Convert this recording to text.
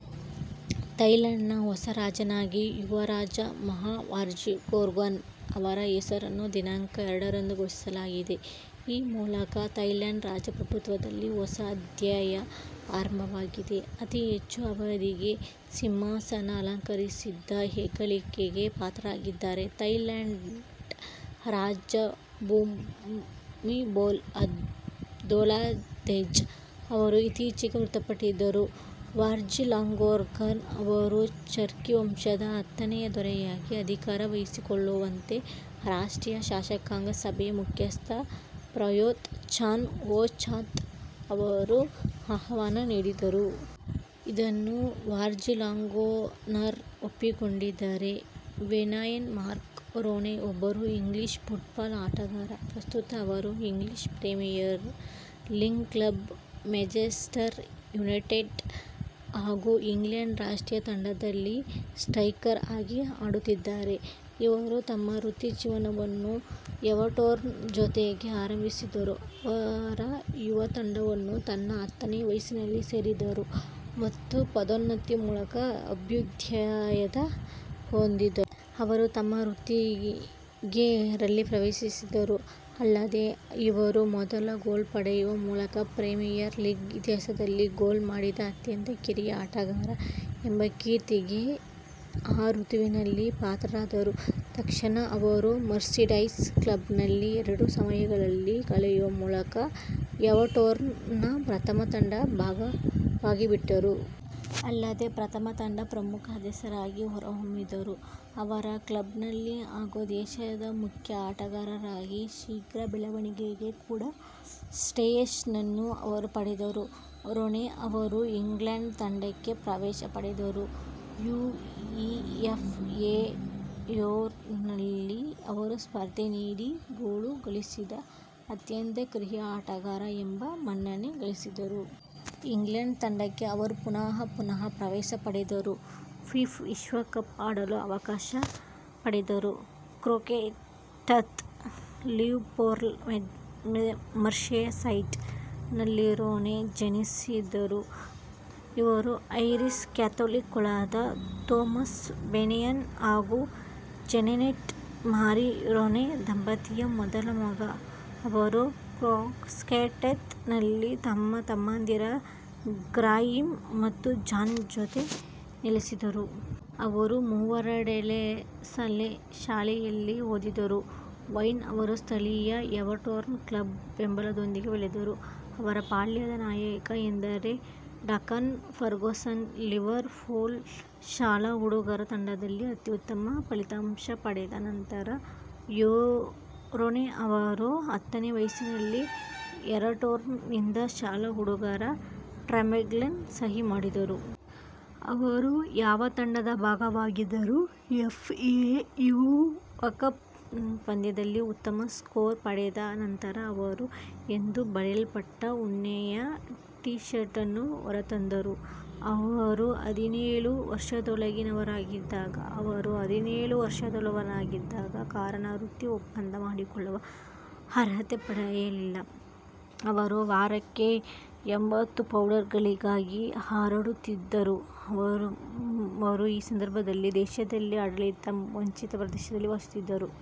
ಥಾಯ್ಲೆಂಡ್ನ ಹೊಸ ರಾಜನಾಗಿ ಯುವರಾಜ ಮಹಾ ವಾಜಿರಲಾಂಗ್ಕೊರ್ನ್ ಅವರ ಹೆಸರನ್ನು ದಿನಾಂಕ ಎರಡರಂದು ಘೋಷಿಸಲಾಗಿದೆ. ಈ ಮೂಲಕ ಥಾಯ್ಲೆಂಡ್ ರಾಜಪ್ರಭುತ್ವದಲ್ಲಿ ಹೊಸ ಅಧ್ಯಾಯ ಆರಂಭವಾಗಿದೆ. ಅತಿಹೆಚ್ಚು ಅವಧಿಗೆ ಸಿಂಹಾಸನ ಅಲಂಕರಿಸಿದ್ದ ಹೆಗ್ಗಳಿಕೆಗೆ ಪಾತ್ರರಾಗಿದ್ದ ಥಾಯ್ಲೆಂಡ್ ರಾಜ ಭೂಮಿಬೊಲ್ ಅದುಲ್ಯದೆಜ್ ಅವರು ಇತ್ತೀಚೆಗೆ ಮೃತಪಟ್ಟಿದ್ದರು. ವಾಜಿರಲಾಂಗ್ಕೊರ್ನ್ ಅವರು ಚಕ್ರಿ ವಂಶದ ಹತ್ತನೇ ದೊರೆಯಾಗಿ ಅಧಿಕಾರ ವಹಿಸಿಕೊಳ್ಳುವಂತೆ ರಾಷ್ಟ್ರೀಯ ಶಾಸಕಾಂಗ ಸಭೆಯ ಮುಖ್ಯಸ್ಥ ಪ್ರಯೂತ್ ಚಾನ್ ಒ ಚಾತ್ ಅವರು ಆಹ್ವಾನ ನೀಡಿದರು. ಇದನ್ನು ವಾಜಿರಲಾಂಗ್ಕೊರ್ನ್ ಒಪ್ಪಿಕೊಂಡಿದ್ದಾರೆ. ವೇಯ್ನ್ ಮಾರ್ಕ್ ರೂನೇ ಒಬ್ಬ ಇಂಗ್ಲಿಷ್ ಫುಟ್ಬಾಲ್ ಆಟಗಾರ. ಪ್ರಸ್ತುತ ಇವರು English Premier League club Manchester United ಹಾಗೂ ಇಂಗ್ಲೆಂಡ್ ರಾಷ್ಟ್ರೀಯ ತಂಡದಲ್ಲಿ ಸ್ಟ್ರೈಕರ್ ಆಗಿ ಆಡುತ್ತಿದ್ದಾರೆ. ಇವರು ತಮ್ಮ ವೃತ್ತಿ ಜೀವನವನ್ನು ಎವರ್ಟೊನ್ ಜೊತೆಗೆ ಆರಂಭಿಸಿದರು. ಅವರ ಯುವ ತಂಡವನ್ನು ತನ್ನ ಹತ್ತನೇ ವಯಸ್ಸಿನಲ್ಲಿ ಸೇರಿದರು ಮತ್ತು ಪದೋನ್ನತಿ ಮೂಲಕ ಅಭ್ಯುದಯ ಹೊಂದಿದರು. ಅವರು ತಮ್ಮ ವೃತ್ತಿಗೆ ರಲ್ಲಿ ಪ್ರವೇಶಿಸಿದರು. ಅಲ್ಲದೆ, ಇವರು ಮೊದಲ ಗೋಲ್ ಪಡೆಯುವ ಮೂಲಕ ಪ್ರೀಮಿಯರ್ ಲೀಗ್ ಇತಿಹಾಸದಲ್ಲಿ ಗೋಲ್ ಮಾಡಿದ ಅತ್ಯಂತ ಕಿರಿಯ ಆಟಗಾರ ಎಂಬ ಕೀರ್ತಿಗೆ ಆ ಋತುವಿನಲ್ಲಿ ಪಾತ್ರರಾದರು. ತಕ್ಷಣ ಅವರು ಮರ್ಸಿಸೈಡ್ ಕ್ಲಬ್ನಲ್ಲಿ ಎರಡು ಸಮಯಗಳನ್ನು ಕಳೆಯುವ ಮೂಲಕ ಎವರ್ಟೊನ್ ನ ಪ್ರಥಮ ತಂಡದ ಭಾಗವಾಗಿಬಿಟ್ಟರು. ಅಲ್ಲದೆ, ಪ್ರಥಮ ತಂಡ ಪ್ರಮುಖ ಸದಸ್ಯರಾಗಿ ಹೊರಹೊಮ್ಮಿದರು. ಅವರ ಕ್ಲಬ್ ನಲ್ಲಿ ಹಾಗೂ ದೇಶದ ಮುಖ್ಯ ಆಟಗಾರರಾಗಿ ಶೀಘ್ರ ಬೆಳವಣಿಗೆಗೆ ಕಂಡ ಶ್ರೇಯಸ್ಸನ್ನು ಅವರು ಪಡೆದರು. ರೂನೇ ಅವರು ಇಂಗ್ಲೆಂಡ್ ತಂಡಕ್ಕೆ ಪ್ರವೇಶ ಪಡೆದರು. U E F A Euro ದಲ್ಲಿ ಅವರು ಸ್ಪರ್ಧೆ ನೀಡಿ ಗೋಲು ಗಳಿಸಿದ ಅತ್ಯಂತ ಕಿರಿಯ ಆಟಗಾರ ಎಂಬ ಮನ್ನಣೆ ಗಳಿಸಿದರು. ಇಂಗ್ಲೆಂಡ್ ತಂಡಕ್ಕೆ ಅವರು ಪುನಃ ಪುನಃ ಪ್ರವೇಶ ಪಡೆದರು. ಫಿಫಾ ವಿಶ್ವ ಕಪ್ ಆಡಲು ಅವಕಾಶ ಪಡೆದರು. ಕ್ರೊಕ್ಸ್ಟೆತ್, ಲಿವರ್ಪೂಲ್ ಮರ್ಸಿಸೈಡ್ ನಲ್ಲಿ ರೂನೇ ಜನಿಸಿದರು. ಇವರು ಐರಿಶ್ ಕ್ಯಾಥೋಲಿಕ್ ಕುಲದ ಥೋಮಸ್ ವೇಯ್ನ್ ಹಾಗೂ ಜೇನೆಟ್ ಮಾರಿ ರೂನೇ ದಂಪತಿಯ ಮೊದಲ ಮಗ. ಅವರು ಕ್ರೊಕ್ಸಟೆತ್ ನಲ್ಲಿ ತಮ್ಮ ತಮ್ಮಂದಿರಾದ ಗ್ರಾಯಿಮ್ ಹಾಗೂ ಜಾನ್ ಜೊತೆಗೆ ನೆಲೆಸಿದರು. ಈ ಮೂವರೂ ಡೆ ಲಾ ಸಲ್ಲೆ ಶಾಲೆಯಲ್ಲಿ ಓದಿದರು. ವೈಯ್ನ್ ಅವರು ಸ್ಥಳೀಯ ಎವರ್ಟೊನ್ ಕ್ಲಬ್ ಬೆಂಬಲದೊಂದಿಗೆ ಬೆಳೆದರು. ಇವರ ಬಾಲ್ಯದ ನಾಯಕ ಎಂದರೆ ಡಂಕನ್ ಫರ್ಗುಸನ್. ಲಿವರ್ ಪೂಲ್ ಶಾಲಾ ಹುಡುಗರ ತಂಡದಲ್ಲಿ ಅತ್ಯುತ್ತಮ ಫಲಿತಾಂಶ ಪಡೆದ ನಂತರ ರೋನೇ ಅವರು ಹತ್ತನೇ ವಯಸ್ಸಿನಲ್ಲಿ ಎರರ್ಟೋನ್ ನಿಂದ ಶಾಲಾ ಹುಡುಗರ ಟರ್ಮ್ಸ್ಗೆ ಸಹಿ ಮಾಡಿದರು. ಅವರು ಯುವ ತಂಡದ ಭಾಗವಾಗಿದ್ದರು. ಎಫ್ಎ ಯುವಕಪ್ ಪಂದ್ಯದಲ್ಲಿ ಉತ್ತಮ ಸ್ಕೋರ್ ಪಡೆದ ನಂತರ ಅವರು ಎಂದು ಬರೆಯಲ್ಪಟ್ಟ ಉಣ್ಣೆಯ ಟಿ ಶರ್ಟನ್ನು ಹೊರತಂದರು. ಅವರು ಹದಿನೇಳು ವರ್ಷದೊಳಗಿನವರಾಗಿದ್ದಾಗ ಅವರು ಹದಿನೇಳು ವರ್ಷದೊಳಗಿನವರಾಗಿದ್ದ ಕಾರಣ ವೃತ್ತಿ ಒಪ್ಪಂದ ಮಾಡಿಕೊಳ್ಳಲು ಅರ್ಹತೆ ಪಡೆಯಲಿಲ್ಲ. ಅವರು ವಾರಕ್ಕೆ ಎಂಭತ್ತು ಪೌಂಡ್ ಗಳಿಗಾಗಿ ಆಡುತ್ತಿದ್ದರು. ಮತ್ತು ಅವರು ಈ ಸಂದರ್ಭದಲ್ಲಿ ದೇಶದಲ್ಲಿಯೇ ಆಡಳಿತ ವಂಚಿತ ಪ್ರದೇಶದಲ್ಲಿ ವಾಸಿಸುತ್ತಿದ್ದರು.